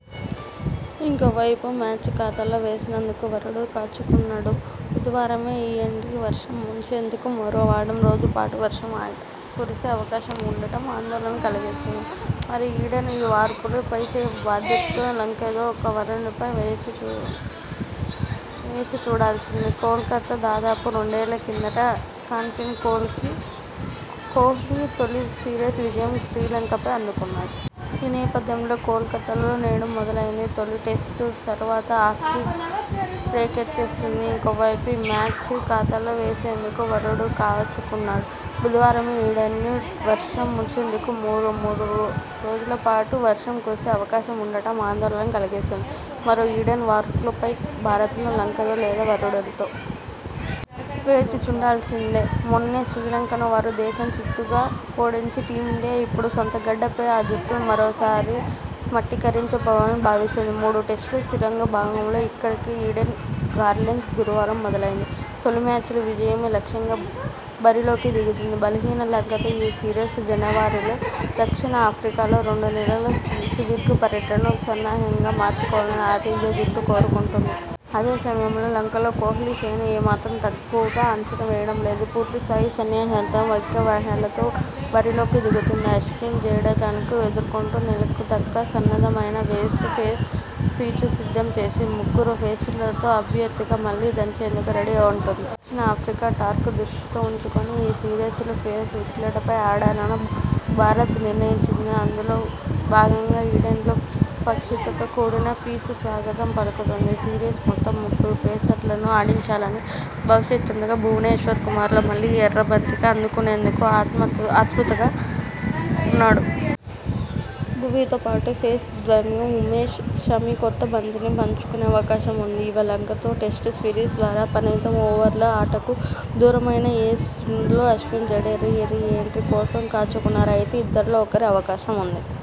ఇంకోవైపు ఈ మ్యాచ్ను ఖాతాలో వేసుకునేందుకు వరుణుడు కాచుకున్నాడు! బుధవారమే ఈడెన్ను వర్షం ముంచెత్తగా మరో వరo రోజుల పాటు వర్షం కురిసే అవకాశం ఉండడం ఆందోళన కలిగిస్తోంది! మరి ఈడెన్ వార్లో పై చేయి భారత్దో లంకదో లేక వరుణుడిదో! వేచి చూడాల్సిందే. కోల్కతా: దాదాపు రెండేళ్ల కిందట కెప్టెన్గా కోహ్లీ తొలి సిరీస్ విజయం శ్రీలంకపైనే అందుకున్నాడు! ఈ నేపథ్యంలో కోల్కతాలో నేడు మొదలయ్యే తొలి టెస్టు సర్వత్రా ఆసక్తి రేకెత్తిస్తోంది! ఇంకోవైపు ఈ మ్యాచ్ను ఖాతాలో వేసుకునేందుకు వరుణుడు కాచుకున్నాడు! బుధవారమే ఈడెన్ను వర్షం ముంచెత్తగా మరో మూడు రోజుల పాటు వర్షం కురిసే అవకాశం ఉండడం ఆందోళన కలిగిస్తోంది! మరి ఈడెన్ వార్లో పై చేయి భారత్దో లంకదో లేక వరుణుడిదో! వేచి చూడాల్సిందే. మొన్ననే శ్రీలంకను వారి దేశంలో చిత్తుగా ఓడించిన టీమిండియా ఇప్పుడు సొంతగడ్డపై ఆ జట్టును మరోసారి మట్టికరిపించాలని భావిస్తోంది. మూడు టెస్టుల సిరీస్లో భాగంగా ఇక్కడి ఈడెన్ గార్డెన్స్లో గురువారం మొదలయ్యే తొలి మ్యాచ్లో విజయమే లక్ష్యంగా బరిలోకి దిగుతోంది. బలహీన లంకతో ఈ సిరీస్ను జనవరిలో దక్షిణాఫ్రికాలో రెండు నెలల సుదీర్ఘ పర్యటనకు సన్నాహంగా మార్చుకోవాలని ఆతిథ్య జట్టు కోరుకుంటోంది. అదే సమయంలో లంకను కోహ్లీసేన ఏ మాత్రం తక్కువగా అంచనా వేయడం లేదు. పూర్తి స్థాయి సైన్యంతో పక్కా వ్యూహంతో బరిలోకి దిగుతోంది. అశ్విన్, జడేజాను ఎదుర్కొ నేందుకు లంక సన్నద్ధమై వస్తే పేస్ పిచ్లు సిద్ధం చేసి, ముగ్గురు పేసర్లతో ప్రత్యర్థిని మళ్లీ దంచేందుకు రెడీ అంటోంది. దక్షిణాఫ్రికా టూర్ను దృష్టిలో ఉంచుకొని ఈ సిరీస్లో పేస్ వికెట్లపై ఆడాలని భారత్ నిర్ణయించింది. అందులో భాగంగా ఈడెన్లో పచ్చికతో కూడిన పిచ్ స్వాగతం పలుకుతోంది. సిరీస్ మొత్తం ముగ్గురు పేసర్లను ఆడించాలని భావిస్తుండగా భువనేశ్వర్ కుమార్ మళ్లీ ఎర్ర బంతిని అందుకునేందుకు ఆతృతగా ఉన్నాడు. భువీతో పాటు పేస్ ద్వయం ఉమేష్, షమి కొత్త బంతిని పంచుకునే అవకాశం ఉంది. ఇక, లంకతో టెస్టు సిరీస్ తర్వాత పరిమిత ఓవర్ల ఆటకు దూరమైన ఏస్ స్పిన్నర్లు అశ్విన్, జడేజా రీ ఎంట్రీ కోసం కాచుకున్నారు. అయితే, ఇద్దరిలో ఒకరికే అవకాశం ఉంది.